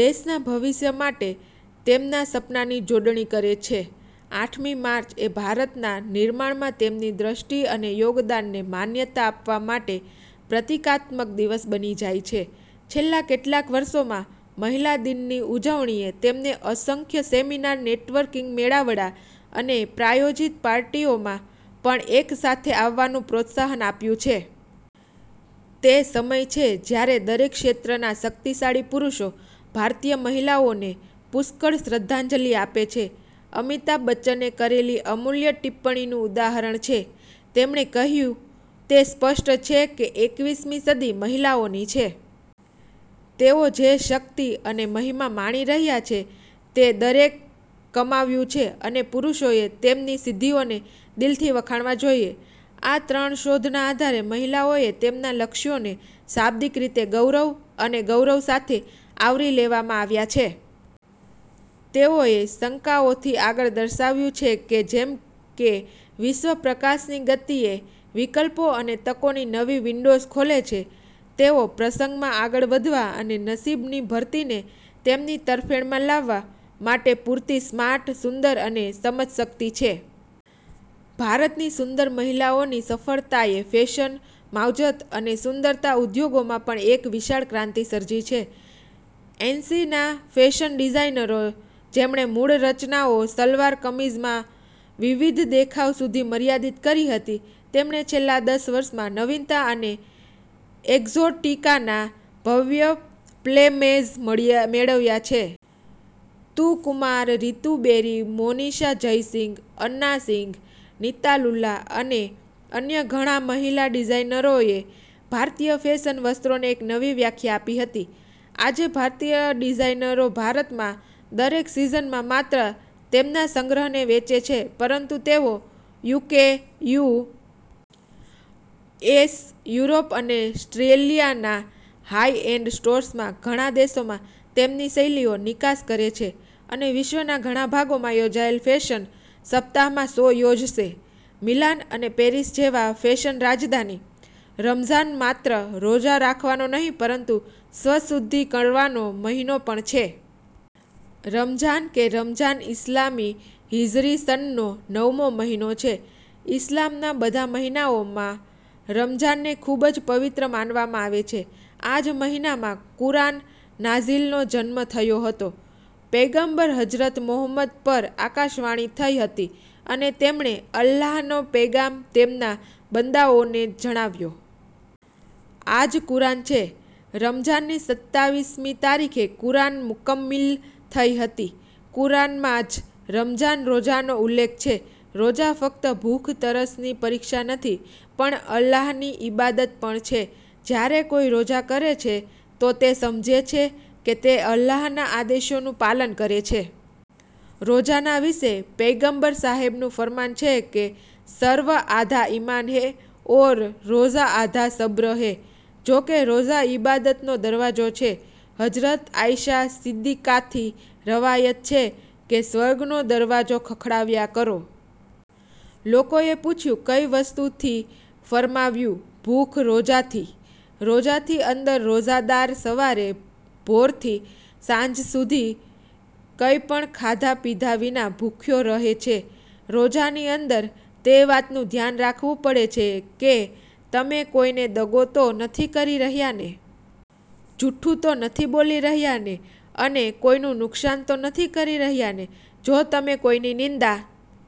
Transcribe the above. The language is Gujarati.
દેશના ભવિષ્ય માટે તેમના સપનાની જોડણી કરે છે. આઠ મી માર્ચ એ ભારતના નિર્માણમાં તેમની દ્રષ્ટિ અને યોગદાનને માન્યતા આપવા માટે પ્રતીકાત્મક દિવસ બની જાય છે। છેલ્લા કેટલાક વર્ષોમાં, મહિલા દિનની ઉજવણીએ તેમને અસંખ્ય સેમિનાર નેટવર્કિંગ મેળાવડા અને પ્રાયોજિત પાર્ટીઓમાં પણ એક સાથે આવવાનું પ્રોત્સાહન આપ્યું છે. તે સમય છે જ્યારે દરેક ક્ષેત્રના શક્તિશાળી પુરુષો ભારતીય મહિલાઓને પુષ્કળ શ્રદ્ધાંજલિ આપે છે. અમિતાભ બચ્ચને કરેલી અમૂલ્ય ટિપ્પણીનું ઉદાહરણ છે! તેમણે કહ્યું, તે સ્પષ્ટ છે કે એકવીસ મી સદી મહિલાઓની છે તેઓ જે શક્તિ અને મહિમા માણી રહ્યાં છે તે દરેક કમાવ્યું છે અને પુરુષોએ તેમની સિદ્ધિઓને દિલથી વખાણવા જોઈએ. ' આ ત્રણ શોધના આધારે, મહિલાઓએ તેમના લક્ષ્યોને શાબ્દિક રીતે ગૌરવ અને ગૌરવ સાથે આવરી લેવામાં આવ્યાં છે. તેઓએ શંકાઓથી આગળ દર્શાવ્યું છે કે, જેમ કે વિશ્વ પ્રકાશની ગતિએ વિકલ્પો અને તકોની નવી વિંડોઝ ખોલે છે, તેઓ પ્રસંગમાં આગળ વધવા અને નસીબની ભરતીને તેમની તરફેણમાં લાવવા માટે પૂરતી સ્માર્ટ, સુંદર અને સમજશકિત છે. ભારતની સુંદર મહિલાઓની સફળતાએ ફેશન, માવજત અને સુંદરતા ઉદ્યોગોમાં પણ એક વિશાળ ક્રાંતિ સર્જી છે. એંસીના ફેશન ડિઝાઇનરો, જેમણે મૂળ રચનાઓ સલવાર કમીઝમાં વિવિધ દેખાવ સુધી મર્યાદિત કરી હતી, તેમણે છેલ્લા દસ વર્ષમાં નવીનતા અને એક્ઝોટિકાના ભવ્ય પ્લમેજ મળ્યા મેળવ્યાં છે. તુ કુમાર, રીતુ બેરી, મોનિષા જયસિંગ, અન્ના સિંઘ, નીતા લુલ્લા અને અન્ય ઘણા મહિલા ડિઝાઇનરોએ ભારતીય ફેશન- વસ્ત્રોને એક નવી વ્યાખ્યા આપી હતી. આજે, ભારતીય ડિઝાઇનરો ભારતમાં દરેક સીઝનમાં માત્ર તેમના સંગ્રહને વેચે છે, પરંતુ તેઓ યુકે, યુ. એસ., યુરોપ અને સ્ટ્રેલિયાના હાઇ-એન્ડ સ્ટોર્સમાં ઘણા દેશોમાં તેમની શૈલીઓ નિકાસ કરે છે અને વિશ્વના ઘણા ભાગોમાં યોજાયેલા ફેશન સપ્તાહમાં શો યોજશે. મિલાન અને પેરિસ જેવા ફેશન રાજધાની. રમઝાન માત્ર રોજા રાખવાનો નહીં, પરંતુ સ્વશુદ્ધિ કરવાનો મહિનો પણ છે. રમઝાન કે રમજાન ઈસ્લામી હિજરી સનનો નવમો મહિનો છે. ઈસ્લામના બધા મહિનાઓમાં રમજાનને ખુબ જ પવિત્ર માનવામાં આવે છે. આ જ મહિનામાં કુરાન નાઝિલનો જન્મ થયો હતો. પૈગંબર હજરત મોહમ્મદ પર આકાશવાણી થઈ હતી અને તેમણે અલ્લાહનો પૈગામ તેમના બંદાઓને જણાવ્યો. આ જ કુરાન છે. રમઝાનની સત્તાવીસ મી તારીખે કુરાન મુકમ્મિલ થઈ હતી। કુરાનમાં જ રમઝાન-રોઝાનો ઉલ્લેખ છે. રોઝા ફક્ત ભુખ-તરસની પરિક્ષા નથી પણ અલ્લાહની ઈબાદત પણ છે. જ્યારે કોઈ રોઝા કરે છે તો તે સમજે છે કે તે અલ્લાહના આદેશોનું પાલન કરે છે. રોજાના વિશે પૈગમ્બર સાહેબનું ફરમાન છે કે ' સર્વ આધા ઈમાન હૈ ઔર રોજા આધા સબ્ર હૈ '. જો કે રોઝા ઈબાદતનો દરવાજો છે. હજરત આઈશા સિદ્દીકાથી રવાયત છે કે ' સ્વર્ગનો દરવાજો ખખડાવ્યા કરો '. લોકોએ પુછ્યું કઈ વસ્તુથી, ફરમાવ્યું ભુખ રોજાથી. રોઝાની અંદર રોઝાદાર સવારે ભોરથી સાંજે સુધી કઈ પણ ખાધા-પીધા વિના ભુખ્યો રહે છે. રોજાની અંદર તે વાતનું ધ્યાન રાખવું પડે છે કે તમે કોઈને દગો તો નથી કરી રહ્યાં ને! જુઠ્ઠુ તો નથી બોલી રહ્યાં ને અને કોઈનું નુકશાન તો નથી કરી રહ્યાં ને! જો તમે કોઈની નિંદા।